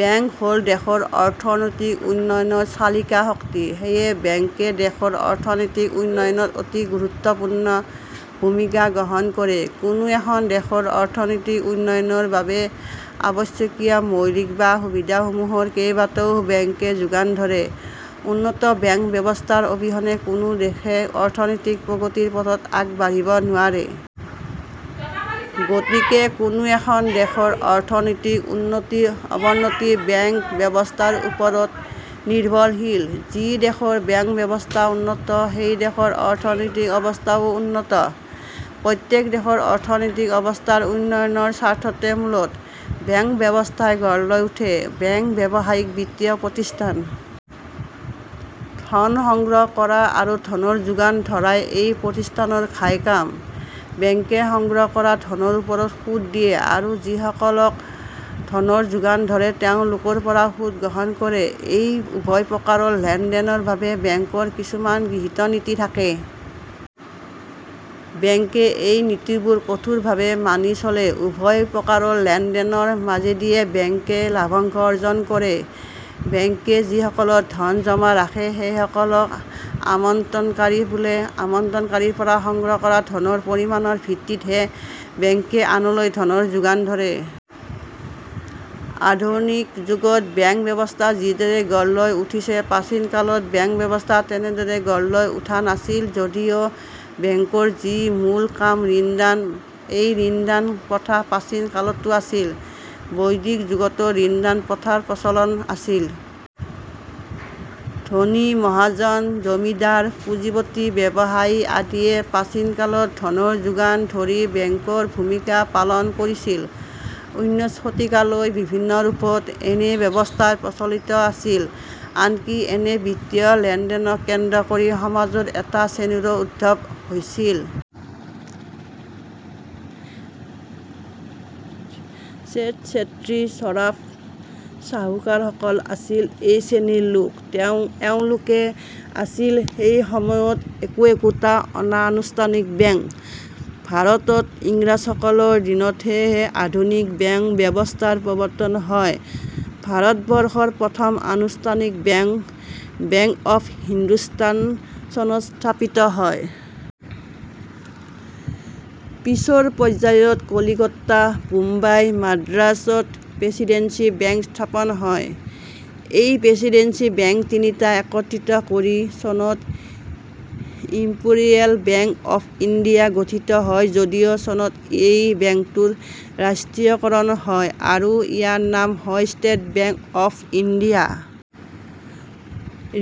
Bank হ'ল দেশৰ অৰ্থনৈতিক উন্নয়নৰ চালিকা শক্তি। সেয়ে বেংকে দেশৰ অৰ্থনৈতিক উন্নয়নত অতি গুৰুত্বপূৰ্ণ ভূমিকা গ্ৰহণ কৰে। কোনো এখন দেশৰ অৰ্থনৈতিক উন্নয়নৰ বাবে আৱশ্যকীয় মৌলিক সা-সুবিধাসমূহৰ কেবাটাও বেংকে যোগান ধৰে। উন্নত বেংক ব্যৱস্থাৰ অবিহনে কোনো দেশেই অৰ্থনৈতিক প্ৰগতিৰ পথত আগবাঢ়িব নোৱাৰে। গতিকে কোনো এখন দেশৰ অৰ্থনৈতিক উন্নতি-অৱনতি বেংক ব্যৱস্থাৰ ওপৰত নিৰ্ভৰশীল। যি দেশৰ বেংক-ব্যৱস্থা উন্নত সেই দেশৰ অৰ্থনৈতিক অৱস্থাও উন্নত। প্ৰত্যেক দেশৰ অৰ্থনৈতিক অৱস্থাৰ উন্নয়নৰ স্বাৰ্থতে মূলতঃ বেংক ব্যৱস্থাই গঢ় লৈ উঠে। বেংক ব্যৱসায়িক বিত্তীয় প্ৰতিষ্ঠান। ধন সংগ্ৰহ কৰা আৰু ধনৰ যোগান ধৰাই এই প্ৰতিষ্ঠানৰ ঘাই কাম। বেংকে সংগ্ৰহ কৰা ধনৰ ওপৰত সুদ দিয়ে আৰু যিসকলক ধনৰ যোগান ধৰে তেওঁলোকৰপৰাও সুদ গ্ৰহণ কৰে। এই উভয় প্ৰকাৰৰ লেন-দেনৰ বাবে বেংকৰ কিছুমান গৃহীত নীতি থাকে। বেংকে এই নীতিবোৰ কঠোৰভাৱে মানি চলে। উভয় প্ৰকাৰৰ লেন-দেনৰ মাজেদিয়ে বেংকে লভ্যাংশ অৰ্জন কৰে। বেংকে যিসকলৰ ধন জমা ৰাখে সেইসকলক আমানতকাৰী বোলে। আমানতকাৰীৰপৰা সংগ্ৰহ কৰা ধনৰ পৰিমাণৰ ভিত্তিতহে বেংকে আনলৈ ধনৰ যোগান ধৰে। আধুনিক যুগত বেংক ব্যৱস্থা যিদৰে গঢ় লৈ উঠিছে প্ৰাচীন কালত বেংক ব্যৱস্থা তেনেদৰে গঢ় লৈ উঠা নাছিল যদিও বেংকৰ যি মূল কাম ঋণদান, এই ঋণদান প্ৰথা প্ৰাচীন কালতো আছিল। বৈদিক যুগতো ঋণদান প্ৰথাৰ প্ৰচলন আছিল। ধনী মহাজন, জমিদাৰ, পুঁজিপতি, ব্যৱসায়ী আদিয়ে প্ৰাচীন কালত ধনৰ যোগান ধৰি বেংকৰ ভূমিকা পালন কৰিছিল। ঊনৈশ শতিকালৈ বিভিন্ন ৰূপত এনে ব্যৱস্থাই প্ৰচলিত আছিল। আনকি এনে বিত্তীয় লেন-দেনক কেন্দ্ৰ কৰি সমাজত এটা শ্ৰেণীৰো উদ্ভৱ হৈছিল। শেঠ, শেট্টি, চৰাফ, চাহুকাৰসকল আছিল এই শ্ৰেণীৰ লোক। এওঁলোকে আছিল সেই সময়ত একো একোটা অনা- আনুষ্ঠানিক বেংক। ভাৰতত ইংৰাজসকলৰ দিনতহে আধুনিক বেংক ব্যৱস্থাৰ প্ৰৱৰ্তন হয়। ভাৰতবৰ্ষৰ প্ৰথম আনুষ্ঠানিক বেংক "বেংক অব্ হিন্দুস্থান" চনত স্থাপিত হয়। পিছৰ পৰ্যায়ত কলিকতা, বোম্বাই, মাদ্ৰাজ -ত প্ৰেছিডেন্সি বেংক স্থাপন হয়। এই প্ৰেছিডেন্সি বেংক তিনিটা একত্ৰিত কৰি চনত ইম্পেৰিয়েল বেংক অব্ ইণ্ডিয়া গঠিত হয় যদিও চনত ই বেংকটোৰ ৰাষ্ট্ৰীয়কৰণ হয় আৰু ইয়াৰ নাম হয় State Bank of India.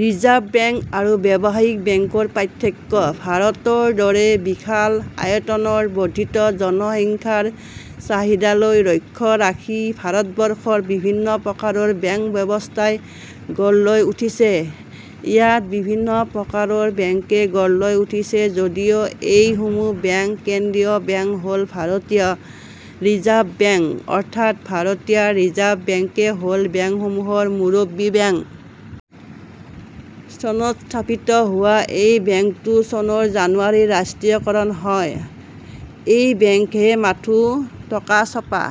Reserve Bank আৰু ব্যৱসায়িক বেংকৰ পাৰ্থক্য – ভাৰতৰ দৰে বিশাল আয়তনৰ বৰ্দ্ধিত জনসংখ্যাৰ চাহিদালৈ লক্ষ্য ৰাখি ভাৰতবৰ্ষত বিভিন্ন প্ৰকাৰৰ বেংক ব্যৱস্থাই গঢ় লৈ উঠিছে। ইয়াত বিভিন্ন প্ৰকাৰৰ বেংকে গঢ় লৈ উঠিছে যদিও এই সমূহ বেংক কেন্দ্ৰীয় বেংক হ'ল ভাৰতীয় ৰিজাৰ্ভ বেংক অৰ্থাৎ ভাৰতীয় ৰিজাৰ্ভ বেংকেই হ'ল বেংকসমূহৰ মুৰব্বী বেংক। চনত স্থাপিত হোৱা এই বেংকটো চনৰ জানুৱাৰীত ৰাষ্ট্ৰীয়কৰণ হয়। এই বেংকেহে মাথো টকা ছপা